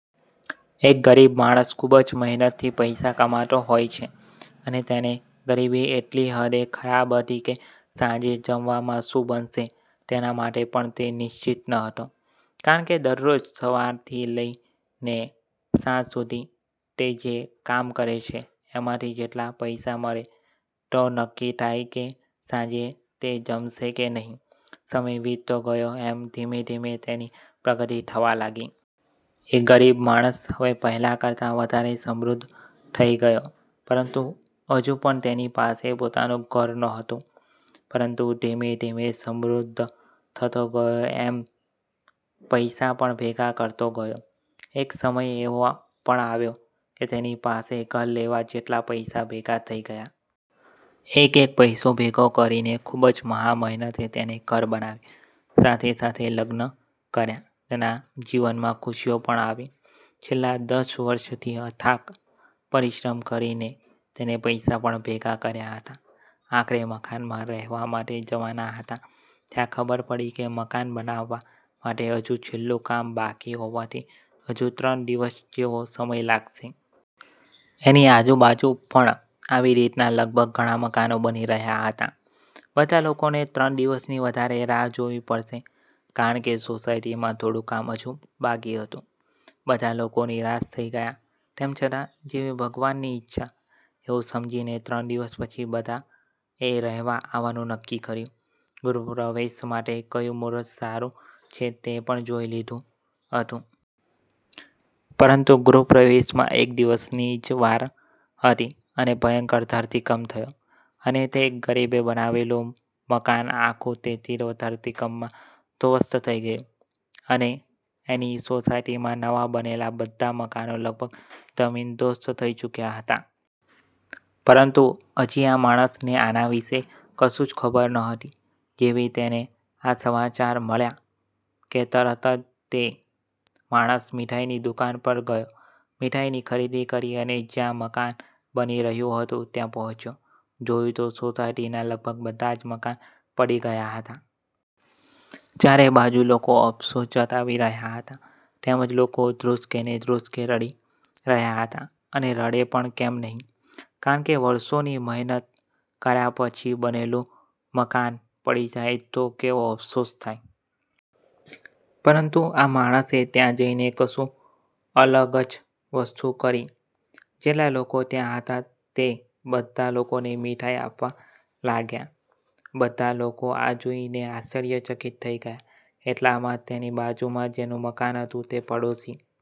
એક ગરીબ માણસ ખૂબ જ મહેનત થી પૈસા કમાતો હોય છે, અને તેને ગરીબી એટલી હદે ખરાબ હતી કે સાંજે જમવામાં શું બનશે તેના માટે પણ તે નિશ્ચિત ન હતો, કારણકે દરરોજ સવારથી લઇને સાંજ સુધી તે જે કામ કરે છે એમાંથી જેટલા પૈસા મળે તો નક્કી થાય કે સાંજે તે જમશે કે નહીં, સમય વીતતો ગયો એમ ધીમે ધીમે તેની પ્રગતિ થવા લાગી. એ ગરીબ માણસ હવે પહેલા કરતા વધારે સમૃદ્ધ થઈ ગયો, પરંતુ હજુ પણ તેની પાસે પોતાનું ઘર નહોતું. પરંતુ ધીમે-ધીમે સમૃદ્ધ થતો ગયો એમ પૈસા પણ ભેગા કરતો ગયો, એક સમય એવો પણ આવ્યો કે તેની પાસે ઘર લેવા જેટલા પૈસા ભેગા થઈ ગયા. એક એક પૈસો ભેગો કરીને ખુબ જ મહામહેનતે તેને ઘર બનાવ્યું સાથે સાથે લગ્ન કર્યા તેના જીવનમાં ખુશીઓ પણ આવી. છેલ્લા દસ વર્ષથી અથાગ પરિશ્રમ કરીને તેને પૈસા પણ ભેગા કર્યા હતા. આખરે મકાનમાં રહેવા માટે જવાના હતા ત્યાં ખબર પડી કે મકાન બનાવવા માટે હજુ છેલ્લું કામ બાકી હોવાથી હજુ ત્રણ દિવસ જેવો સમય લાગશે. એની આજુબાજુ પણ આવી રીતના લગભગ ઘણા મકાનો બની રહ્યા હતા. બધા લોકોને ત્રણ દિવસની વધારે રાહ જોવી પડશે કારણકે સોસાયટીમાં થોડું કામ હજુ બાકી હતું. બધા લોકો નિરાશ થઈ ગયા. તેમ છતાં જેવી ભગવાનની ઈચ્છા એવું સમજીને ત્રણ દિવસ પછી બધાએ રહેવા આવવાનું નક્કી કર્યું ગૃહ પ્રવેશ માટે કયું મુહૂર્ત સારું છે તે પણ જોઈ લીધું હતું. પરંતુ ગૃહ પ્રવેશમાં એક દિવસની જ વાર હતી અને ભયંકર ધરતીકંપ થયો અને તે ગરીબ એ બનાવેલું મકાન આખું તે તીવ્ર ધરતીકંપ મા ધ્વસ્ત થઈ ગયું. અને એની સોસાયટીમાં નવા બનેલા બધા મકાનો લગભગ જમીનદોસ્ત થઈ ચૂક્યા હતા. પરંતુ હજી આ માણસને આના વિષે કશું જ ખબર નહોતી. જેવી તેને આ સમાચાર મળ્યા કે તરત જ તે માણસ મીઠાઈ ની દુકાન પર ગયો. મીઠાઈની ખરીદી કરી અને જ્યાં મકાન બની રહ્યું હતું ત્યાં પહોંચ્યો, જોયું તો સોસાયટીના લગભગ બધા મકાન પડી ગયા હતા. ચારે બાજુ લોકો અફસોસ જતાવી રહ્યા હતા તેમજ લોકો ધ્રુસ્કે ને ધ્રુસ્કે રડી રહ્યા હતા. અને રડે પણ કેમ નહીં કારણકે વર્ષોની મહેનત કર્યા પછી બનેલું મકાન પડી જાય તો કેવો અફસોસ થાય. પરંતુ આ માણસે ત્યાં જઈને કશું અલગ જ વસ્તુ કરી જેટલા લોકો ત્યાં હતા તે બધા લોકોને મીઠાઈ આપવા લાગ્યા. બધા લોકો આ જોઇને આશ્ચર્ય ચકિત થઈ ગયા, એટલામાં જ તેની બાજુમાં જેનું મકાન હતું તે પાડોશી